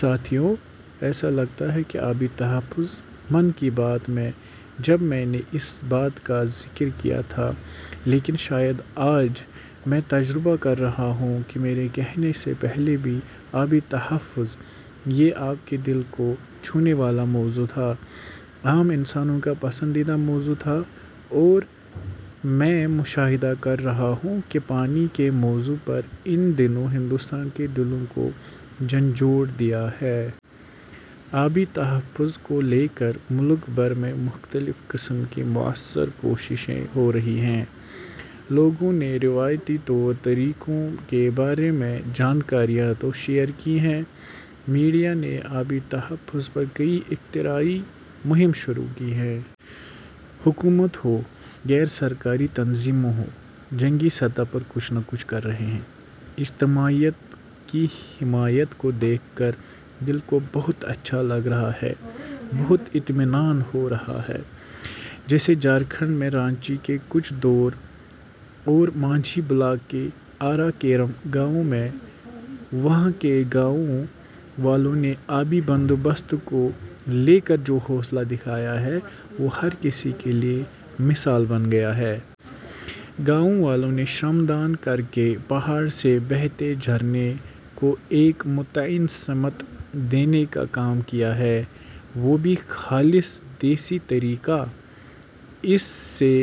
ساتھیوں؛ ایسا لگتا ہے کہ آبی تحفظ-'من کی بات' میں جب میں نے اس بات کا ذکر کیا تھا، لیکن شاید آج میں تجربہ کر رہا ہوں کہ میرے کہنے سے پہلے بھی آبی تحفظ یہ آپ کے دل کو چھونے والا موضوع تھا، عام انسانوں کا پسندیدہ موضوع تھا اور میں مشاہدہ کر رہا ہوں کہ پانی کے موضوع پر ان دنوں ہندوستان کے دلوں کو جھنجھوڑ دیا ہے۔ آبی تحفظ کو لے کر ملک بھر میں مختلف قسم کی مؤثر کوششیں ہو رہی ہیں۔ لوگوں نے روایتی طور طریقوں کے بارے میں جانکاریاں تو شیئر کی ہیں، میڈیا نے آبی تحفظ پر کئی اختراعی مہم شروع کی ہیں۔ حکومت ہو، غیرسرکاری تنظیموں ہوں- جنگی سطح پر کچھ نہ کچھ کر رہے ہیں۔ اجتماعیت کی حمایت کو دیکھ کر دل کو بہت اچھا لگ رہا ہے۔ بہت اطمینان ہو رہا ہے۔ جیسے جھارکھنڈ میں رانچی سے کچھ دور اورمانجھی بلاک کے آرا کیرم گاؤں میں وہاں کے گاؤں والوں نے آبی بندوبست کو لے کر جو حوصلہ دکھایا ہے وہ ہر کسی کے لیے مثال بن گیا ہے۔ گاؤں والوں نے شرم دان کرکے پہاڑ سے بہتے جھرنے کو ایک متعین سمت دینے کا کام کیا ہے۔ وہ بھی خالص دیسی طریقہ۔ اس سے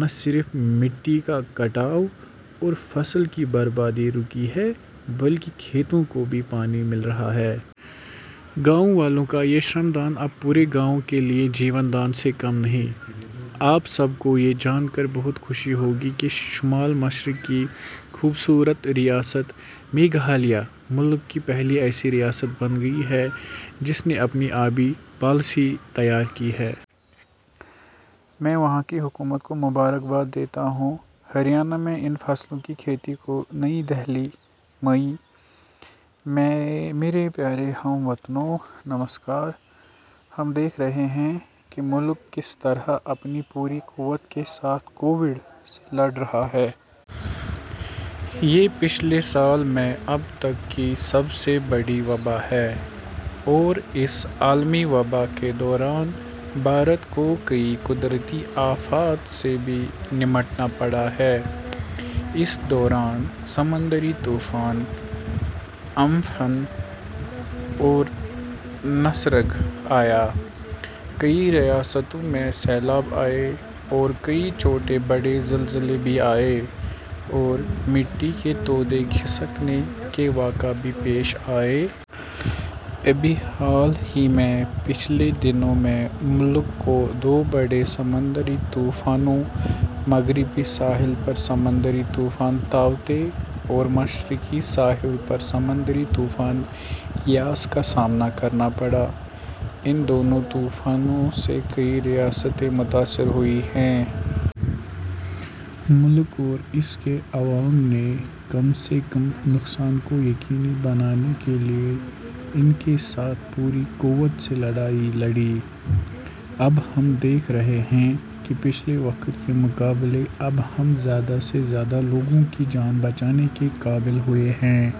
نہ صرف مٹی کا کٹاؤ اور فصل کی بربادی رکی ہے بلکہ کھیتوں کو بھی پانی مل رہا ہے۔ گاؤں والو ںکا یہ شرم دان اب پورے گاؤں کے لیے جیون دان سے کم نہیں۔ آپ سب کو یہ جان کر بہت خوشی ہوگی کہ شمال مشرق کی خوبصورت ریاست میگھالیہ ملک کی پہلی ایسی ریاست بن گئی ہے جس نے اپنی آبی پالیسی تیار کی ہے۔ میں وہاں کی حکومت کو مبارک باد دیتا ہوں۔ ہریانہ میں ان فصلوں کی کھیتی کو. نئی دہلی۔ مئی میرے پیارے ہم وطنوں ، نمسکار۔ ہم دیکھ رہے ہیں کہ ملک کس طرح اپنی پوری قوت کے ساتھ کووڈ – سے لڑ رہا ہے۔ یہ پچھلے سال میں اب تک کی سب سے بڑی وباء ہے اور اس عالمی وباء کے دوران بھارت کو کئی قدرتی آفات سے بھی نمٹنا پڑا ہے۔ اس دوران سمندری طوفان ' امفن ' اور نسرگ آیا ، کئی ریاستوں میں سیلاب آئے اور کئی چھوٹے بڑے زلزلے بھی آئے اور مٹی کے تودے کھسکنے کے واقعات بھی پیش آئے۔ ابھی حال ہی میں ، پچھلے دنوں میں ملک کو دو بڑے سمندری طوفانوں – مغربی ساحل پر سمندری طوفان تاوتے اور مشرقی ساحل پر سمندری طوفان یاس کا سامنا کرنا پڑا۔ ان دونوں طوفانوں سے کئی ریاستیں متاثر ہوئی ہیں۔ ملک اور اس کے عوام نے کم سے کم نقصان کو یقینی بنانے کے لئے ، ان کے ساتھ پوری قوت سے لڑائی لڑی۔ اب ہم دیکھ رہے ہیں کہ پچھلے وقت کےمقابلے ، اب ہم زیادہ سے زیادہ لوگوں کی جان بچانے کے قابل ہوئے ہیں۔